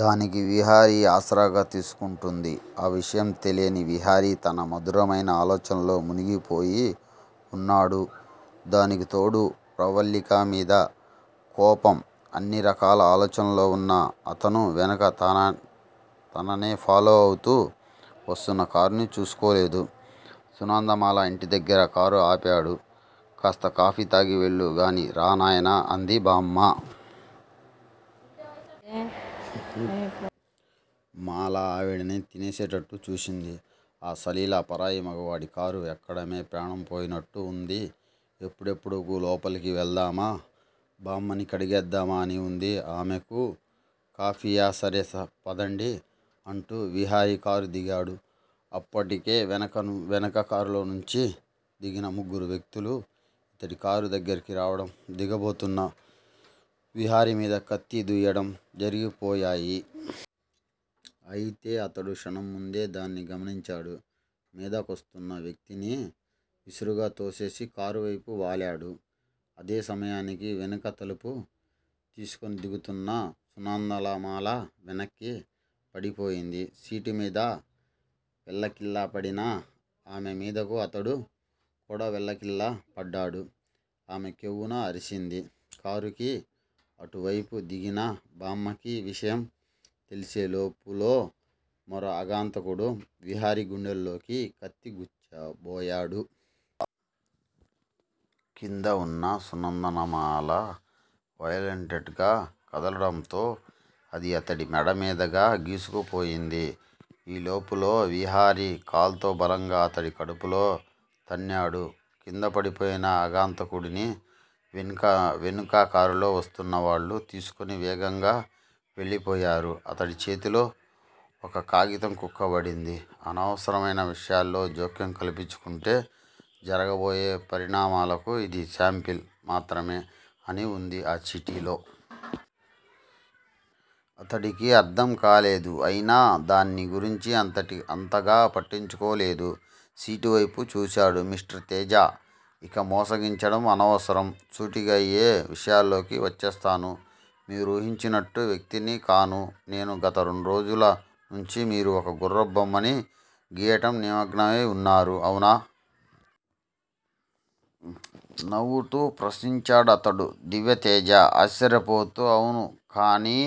దానికి విహారిని ఆసరాగా తీసుకుంటుంది. ఆ విషయం తెలియని విహారి తన మధురమైన ఆలోచనల్లో మునిగిపోయి వున్నాడు. దానికితోడు ప్రవల్లికమీద కోపం. ఇన్ని రకాల ఆలోచనల్లో వున్న అతను- వెనుక తననే ఫాలో అవుతూ వస్తున్న కారుని చూసుకోలేదు. సునాదమాల ఇంటిదగ్గర కారు ఆపాడు. కాస్త కాఫీ తాగి వెళ్ళూగాని రా నాయనా అంది బామ్మ. మాల ఆవిడ్ని తినేసేటట్టు చూసింది. అసలిలా పరాయి మొగవాడి కారు ఎక్కడమే ప్రాణం పోయినట్టు వుంది. ఎప్పుడెప్పుడు లోపలికి వెళదామా- బామ్మని కడిగేద్దామా అని వుంది ఆమెకు. కాఫీయా- సరే పదండి అంటూ విహారి కారు దిగాడు. అప్పటికే వెనుక కారులోంచి దిగిన ముగ్గురు వ్యక్తులూ యితడి కారు దగ్గరికి రావడం, దిగబోతున్న విహారిమీద కత్తి దూయడం జరిగిపోయాయి. అయితే అతడు క్షణంముందే దాన్ని గమనించాడు. మీదకొస్తున్న వ్యక్తిని విసురుగా తోసేసి కారువైపు వాలాడు. అదే సమయానికి వెనుక తలుపు తీసుకొని దిగుతున్న సునాదమాల వెనక్కి పడిపోయింది. సీటుమీద వెల్లకిలా పడిన ఆమెమీదకు అతడు కూడా వెల్లకిలా పడ్డాడు. ఆమె కెవ్వున అరిచింది. కారుకి అటువైపున దిగిన బామ్మకీ విషయం తెలిసే లోపులో, మరో అగంతకుడు విహారి గుండెల్లోకి కత్తి గుచ్చబోయాడు. క్రిందవున్న సునాదమాల వయొలెంట్ గా కదలడంతో అది అతడి మెడమీదుగా గీసుకుపోయింది. ఈ లోపులో విహారి కాల్తో బలంగా అతడి కడుపులో తన్నాడు. క్రింద పడిపోయిన అగంతకుడిని వెనుక కారులో వస్తున్న వాళ్లు తీసుకుని వేగంగా వెళ్ళిపోయారు. అతడి చేతిలో ఒక కాగితం కుక్కబడింది. అనవసర విషయాల్లో జోక్యం కల్పించుకుంటే జరగబోయే పరిణామాలకు యిది శాంపిల్ మాత్రమే అని వుంది ఆ చీటీలో. అతడికి అర్ధంకాలేదు. అయినా దాన్ని గురించి అంతగా పట్టించుకోలేదు. సీటువైపు చూశాడు. మిస్టర్ తేజా! ఇక మోసగించటం అనవసరం. సూటిగయే విషయంలోకి వచ్చేస్తాను. మీరూహించిన వ్యక్తిని కాను నేను. గత రెండు రోజుల నుంచి మీరు ఒక గుర్రం బొమ్మని గీయటంలో నిమగ్నమయి వున్నారు. అవునా? నవ్వుతూ ప్రశ్నించాడతడు. దివ్యతేజ ఆశ్చర్యపోతూ అవును కానీ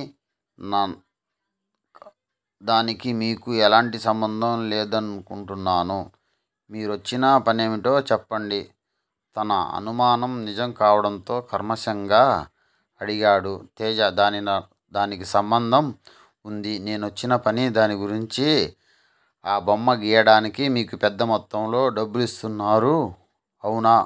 దానికి మీకు ఎలాంటి సంబంధం లేదనుకుంటాను. మీరొచ్చిన పనేమిటో చెప్పండి తన అనుమానం నిజంవటంతో అడిగాడు తేజఏమండీ. దానికి నాకు సంబంధం వుంది. నేనచ్చిన పని దాని గురించే ఆ బొమ్మ గీయడానికి మీకు పెద్ద మొత్తంలో డబ్బు ఇస్తున్నారు అవునా?